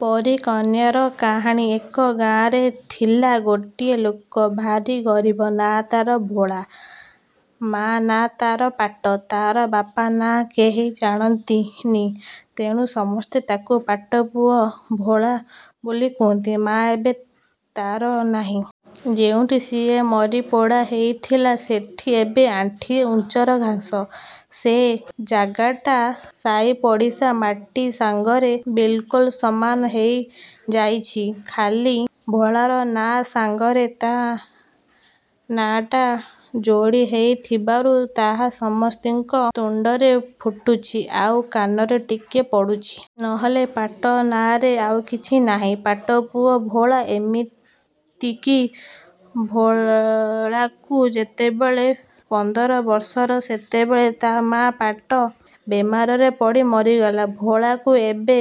ପରୀ କନ୍ୟାର କାହାଣୀ ଏକ ଗାଆଁରେ ଥିଲା ଗୋଟିଏ ଲୋକ। ଭାରି ଗରିବ। ନାଁ ତାର ଭୋଳା। ମା ନାଁ ତାର ପାଟ। ତାର ବାପ ନାଁ କେହି ଜାଣନ୍ତିନି ତେଣୁ ସମସ୍ତେ ତାକୁ ପାଟ ପୁଅ ଭୋଳା ବୋଲି କୁହନ୍ତି। ମା ଏବେ ତାର ନାହିଁ। ଯେଉଁଠି ସିଏ ମରି ପୋଡ଼ା ହୋଇଥିଲା ସେଠି ଏବେ ଆଣ୍ଠିଏ ଉଞ୍ଚର ଘାସ। ସେ ଜାଗାଟା ସାଇପଡ଼ିଶା ମାଟି ସାଙ୍ଗରେ ବିଲକୁଲ୍ ସମାନ ହୋଇ ଯାଇଚି। ଖାଲି ଭୋଳାର ନାଁ ସାଙ୍ଗରେ ତା ନାଁ ଟା ଯୋଡ଼ି ହୋଇଥିବାରୁ ତାହା ସମସ୍ତଙ୍କ ତୁଣ୍ଡରେ ଫୁଟୁଚି, ଆଉ କାନରେ ଟିକେ ପଡ଼ୁଚି। ନହେଲେ ପାଟ ନାଁରେ ଆଉ କିଛି ନାହିଁ। 'ପାଟପୁଅ ଭୋଳା', ଏତିକି। ଭୋଳାକୁ ଯେତେବେଳେ ପନ୍ଦର ବରଷ, ସେତେବେଳେ ତା ମା' ପାଟ ବେମାରରେ ପଡ଼ି ମରିଗଲା। ଭୋଳାକୁ ଏବେ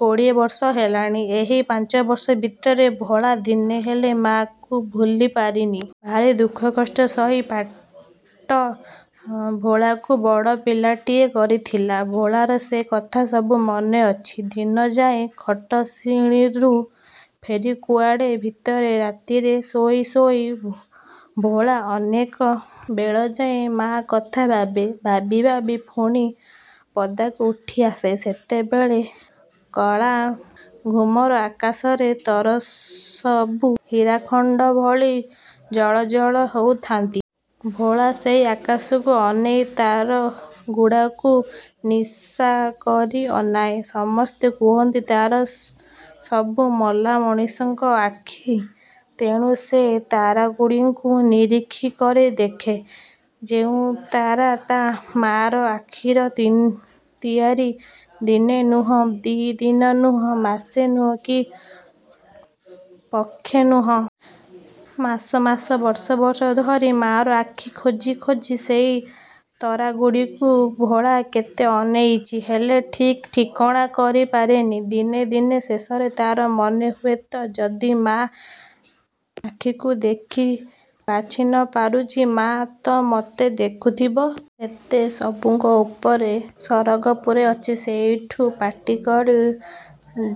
କୋଡ଼ିଏ ବର୍ଷ ହେଲାଣି। ଏହି ପାଞ୍ଚବର୍ଷ ଭିତରେ ଭୋଳା ଦିନେ ହେଲେ ମା'କୁ ଭୁଲି ପାରିନି। ଭାରି ଦୁଃଖ କଷ୍ଟ ସହି ପାଟ ଭୋଳାକୁ ବଡ଼ ପିଲାଟିଏ କରିଥିଲା। ଭୋଳାର ସେ କଥାସବୁ ମନେ ଅଛି। ଦିନଯାକ ଖଟଣିରୁ ଫେରି କୁଡ଼ିଆ ଭିତରେ ରାତିରେ ଶୋଇ ଶୋଇ ଭୋଳା ଅନେକ ବେଳଯାଏ ମା କଥା ଭାବେ। ଭାବି ଭାବି ପୁଣି ପଦାକୁ ଉଠିଆସେ, ସେତେବେଳେ କଳା ଘୁମର ଆକାଶରେ ତରାସବୁ ହୀରାଖଣ୍ଡ ଭଳି ଜଳଜଳ ହଉଥାନ୍ତି-। ଭୋଳା ସେଇ ଆକାଶକୁ ଅନେଇ ତରାଗୁଡ଼ାକୁ ନିଘା କରି ଅନାଏ। ସମସ୍ତେ କୁହନ୍ତି ତରା ସବୁ ମଲା ମଣିଷଙ୍କ ଆଖି। ତେଣୁ ସେ ତାରାଗୁଡ଼ାଙ୍କୁ ନିରିଖି କରି ଦେଖେ, କୋଉ ତରା ତା ମାର ଆଖିର ତିଆରି? ଦିନେ ନୁହେଁ, ଦି'ଦିନ ନୁହେଁ, ମାସେ ନୁହେଁ କି ପକ୍ଷେ ନୁହେଁ। ମାସ ମାସ ବର୍ଷ ବର୍ଷ ଧରି ମାର ଆଖି ଖୋଜି ଖୋଜି ସେଇ ତରାଗୁଡ଼ାକୁ ଭୋଳା କେତେ ଅନେଇଚି! ହେଲେ କିଛି ଠିକଣା କରି ପାରେନା। ଦିନେ ଦିନେ ଶେଷକୁ ତାର ମନେ ହୁଏ ମୁଁ ଯଦି ମା ଆଖିକି ଦେଖି ବାଛି ନ ପାରୁଚି, ମା' ତ ମତେ ଦେଖୁଥିବ! ସେତ ସବୁଙ୍କ ଉପରେ ସରଗପୁରେ ଅଛି। ସେଇଠୁ ପାଟି କରି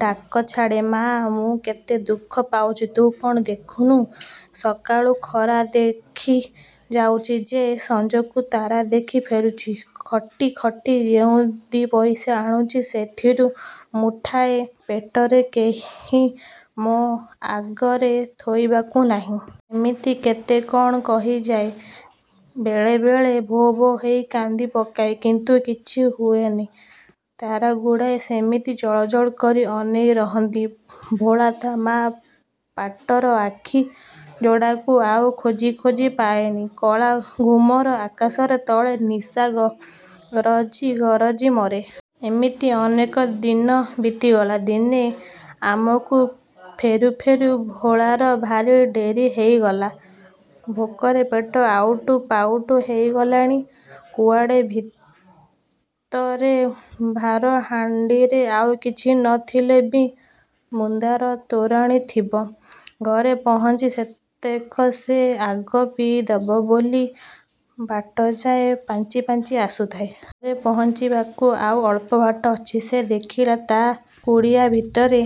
ଡାକ ଛାଡ଼େ, 'ମା' ମୁଁ କେତେ ଦୁଃଖ ପାଉଚି ତୁ କଣ ଦେଖୁନୁ? ସକାଳୁ ଖରା ଦେଖି ଯାଉଚି ଯେ ସଞ୍ଜକୁ ତରା ଦେଖି ଫେରୁଚି। ଖଟି ଖଟି ଯୋଉ ଦି' ପଇସା ଆଣୁଚି ସେଥିରେ ମୁଠାଏ ଫୁଟେଇ କେହି ମୋ ଆଗରେ ଥୋଇବାକୁ ନାଇଁ। ' ଏମିତି କେତେ କଣ କହିଯାଏ, ବେଳେବେଳେ ଭୋ ଭୋ ହୋଇ କାନ୍ଦି ପକାଏ। କିନ୍ତୁ କିଛି ହୁଏନା। ତାରାଗୁଡ଼ାକ ସେମିତି ଜଳଜଳ କରି ଅନେଇ ରହନ୍ତି। ଭୋଳା ତା ମା ପାଟର ଆଖି ଯୋଡ଼ାକୁ ଆଉ ଖୋଜି ଖୋଜି ପାଏନା। କଳା ଘୁମର ଆକାଶ ତଳେ ନିଶା ଗରଜି ଗରଜି ମରେ। ଏମିତି ଅନେକ ଦିନ ବିତିଗଲା। ଦିନେ କାମରୁ ଫେରୁ ଫେରୁ ଭୋଳାର ଭାରି ଡେରି ହେଇଗଲା। ଭେକରେ ପେଟ ଆଉଟୁ ପାଉଟୁ ହେଇଗଲାଣି। କୁଡ଼ିଆ ଭିତରେ ଭାତ ହାଣ୍ଡିରେ ଆଉ କିଛି ନ ଥିଲେ ବି ମୁନ୍ଦାଏ ତୋରଣି ଥିବ। ଘରେ। ପହଞ୍ଚି ସେତେକ ସେ ଆଗ ପିଇ ଦବ ବୋଲି ବାଟଯାକ ପାଞ୍ଚି ପାଞ୍ଚି ଆସୁଥାଏ। ଘରେ ପହଞ୍ଚିବାକୁ ଆଉ ଅଳ୍ପ ବାଟ ଅଛି ସେ ଦେଖିଲା ତା କୁଡ଼ିଆ ଭିତରେ